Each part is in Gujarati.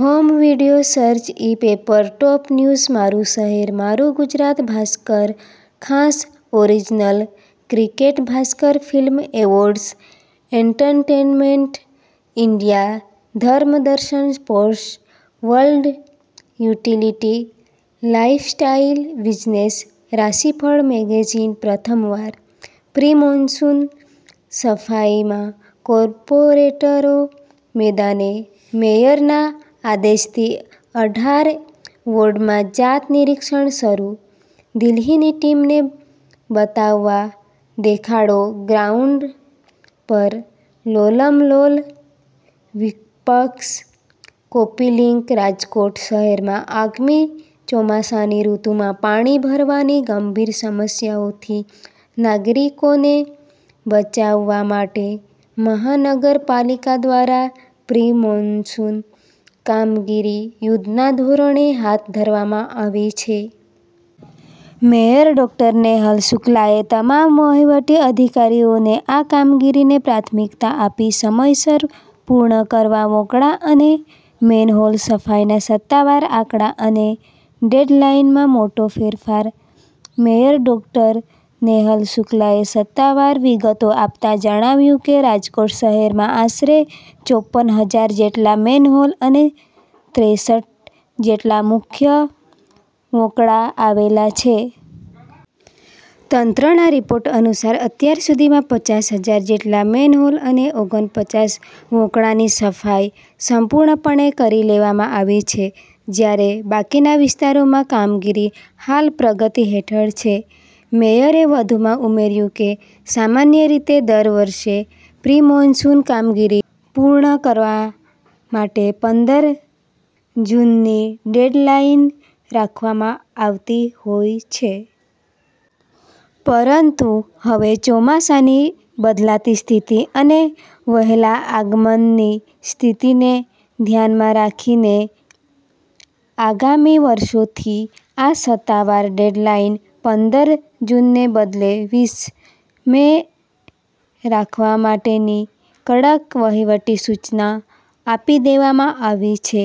Home video search e-paper top news મારું શહેર મારું ગુજરાત ભાસ્કર ખાસ original cricket Bhaskar film awards entertainment India ધર્મ દર્શન sports world utility lifestyle business રાશિફળ મેગેઝિન પ્રથમવાર પ્રિ-મોન્સુન સફાઈમાં કોર્પોરેટરો મેદાને: મેયરના આદેશથી અઢાર વોર્ડમાં જાત-નિરીક્ષણ શરૂ, દિલ્હીની ટીમને બતાવવા દેખાડો, ગ્રાઉન્ડ પર 'લોલમ લોલ': વિપક્ષ કૉપી લિંક રાજકોટ શહેરમાં આગામી ચોમાસાની ઋતુમાં પાણી ભરાવાની ગંભીર સમસ્યાઓથી નાગરિકોને બચાવવા માટે મહાનગરપાલિકા દ્વારા પ્રિ-મોન્સુન કામગીરી યુદ્ધના ધોરણે હાથ ધરવામાં આવી છે. મેયર ડો. નેહલ શુક્લએ તમામ વહીવટી અધિકારીઓને આ કામગીરીને પ્રાથમિકતા આપી સમયસર પૂર્ણ કરવા વોંકળા અને મેનહોલ સફાઈના સત્તાવાર આંકડા અને ડેડલાઇનમાં મોટો ફેરફાર મેયર ડો. નેહલ શુક્લએ સત્તાવાર વિગતો આપતા જણાવ્યું કે, રાજકોટ શહેરમાં આશરે ચોપન હજાર જેટલા મેનહોલ અને ત્રેચઠ જેટલા મુખ્ય વોંકળા આવેલા છે. તંત્રના રિપોર્ટ અનુસાર, અત્યાર સુધીમાં પચાસ હજાર જેટલા મેનહોલ અને ઓગન પચાસ વોંકળાની સફાઈ સંપૂર્ણપણે પૂર્ણ કરી લેવામાં આવી છે, જ્યારે બાકીના વિસ્તારોમાં કામગીરી હાલ પ્રગતિ હેઠળ છે. મેયરે વધુમાં ઉમેર્યું કે, સામાન્ય રીતે દર વર્ષે પ્રિ-મોન્સુન કામગીરી પૂર્ણ કરવા માટે પંદર જૂનની ડેડલાઇન રાખવામાં આવતી હોય છે. પરંતુ હવે ચોમાસાની બદલાતી સ્થિતિ અને વહેલા આગમનની સ્થિતિને ધ્યાનમાં રાખીને, આગામી વર્ષોથી આ સત્તાવાર ડેડલાઇન પંદર જૂનને બદલે વીસ મે રાખવા માટેની કડક વહીવટી સૂચના આપી દેવામાં આવી છે.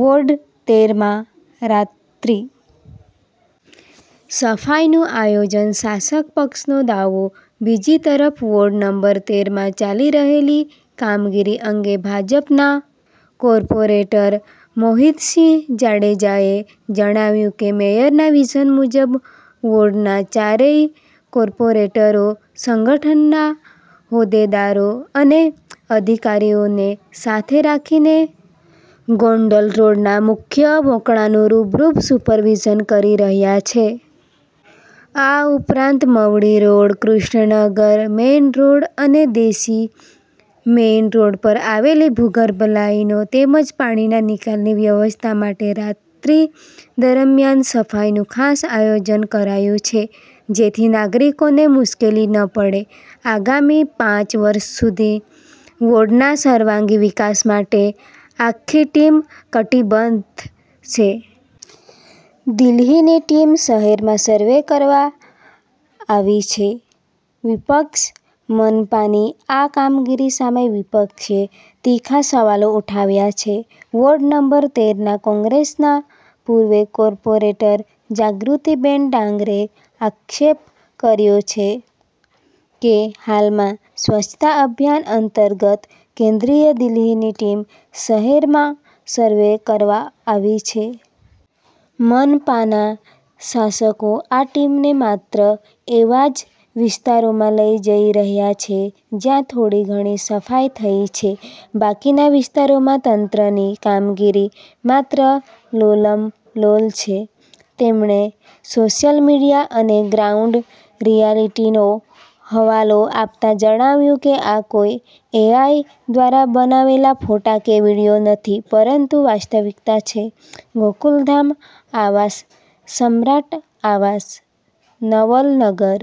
વોર્ડ-તેર માં રાત્રિ સફાઈનું આયોજન, શાસક પક્ષનો દાવો બીજી તરફ, વોર્ડ નંબર તેર માં ચાલી રહેલી કામગીરી અંગે ભાજપના કોર્પોરેટર મોહિતસિંહ જાડેજાએ જણાવ્યું કે, મેયરના વિઝન મુજબ વોર્ડના ચારેય કોર્પોરેટરો સંગઠનના હોદ્દેદારો અને અધિકારીઓને સાથે રાખીને ગોંડલ રોડના મુખ્ય વોંકળાનું રૂબરૂ સુપરવિઝન કરી રહ્યા છે. આ ઉપરાંત, Mavdi road, Krishnanagar main road અને દોશી મેઈન રોડ પર આવેલી ભૂગર્ભ લાઈનો તેમજ પાણીના નિકાલની વ્યવસ્થા માટે રાત્રિ દરમિયાન સફાઈનું ખાસ આયોજન કરાયું છે, જેથી નાગરિકોને મુશ્કેલી ન પડે. આગામી પાચ વર્ષ સુધી વોર્ડના સર્વાંગી વિકાસ માટે આખી ટીમ કટિબદ્ધ છે. દિલ્હીની ટીમ શહેરમાં સર્વે કરવા આવી છેઃ વિપક્ષ મનપાની આ કામગીરી સામે વિપક્ષે તીખા સવાલો ઉઠાવ્યા છે. વોર્ડ નંબર તેર ના કોંગ્રેસના પૂર્વ કોર્પોરેટર જાગૃતિબેન ડાંગરે આક્ષેપ કર્યો છે કે, હાલમાં સ્વચ્છતા અભિયાન અંતર્ગત કેન્દ્રીય દિલ્હીની ટીમ શહેરમાં સર્વે કરવા આવી છે. મનપાના શાસકો આ ટીમને માત્ર એવા જ વિસ્તારોમાં લઈ જઈ રહ્યા છે, જ્યાં થોડી ઘણી સફાઈ થઈ છે, બાકીના વિસ્તારોમાં તંત્રની કામગીરી માત્ર 'લોલમ લોલ' છે. તેમણે સોશિયલ મીડિયા અને ગ્રાઉન્ડ રિયાલિટીનો હવાલો આપતા જણાવ્યું કે, આ કોઈ એઆઈ દ્વારા બનાવેલા ફોટા કે વીડિયો નથી, પરંતુ વાસ્તવિકતા છે. ગોકુલધામ આવાસ, સમ્રાટ આવાસ, નવલનગર.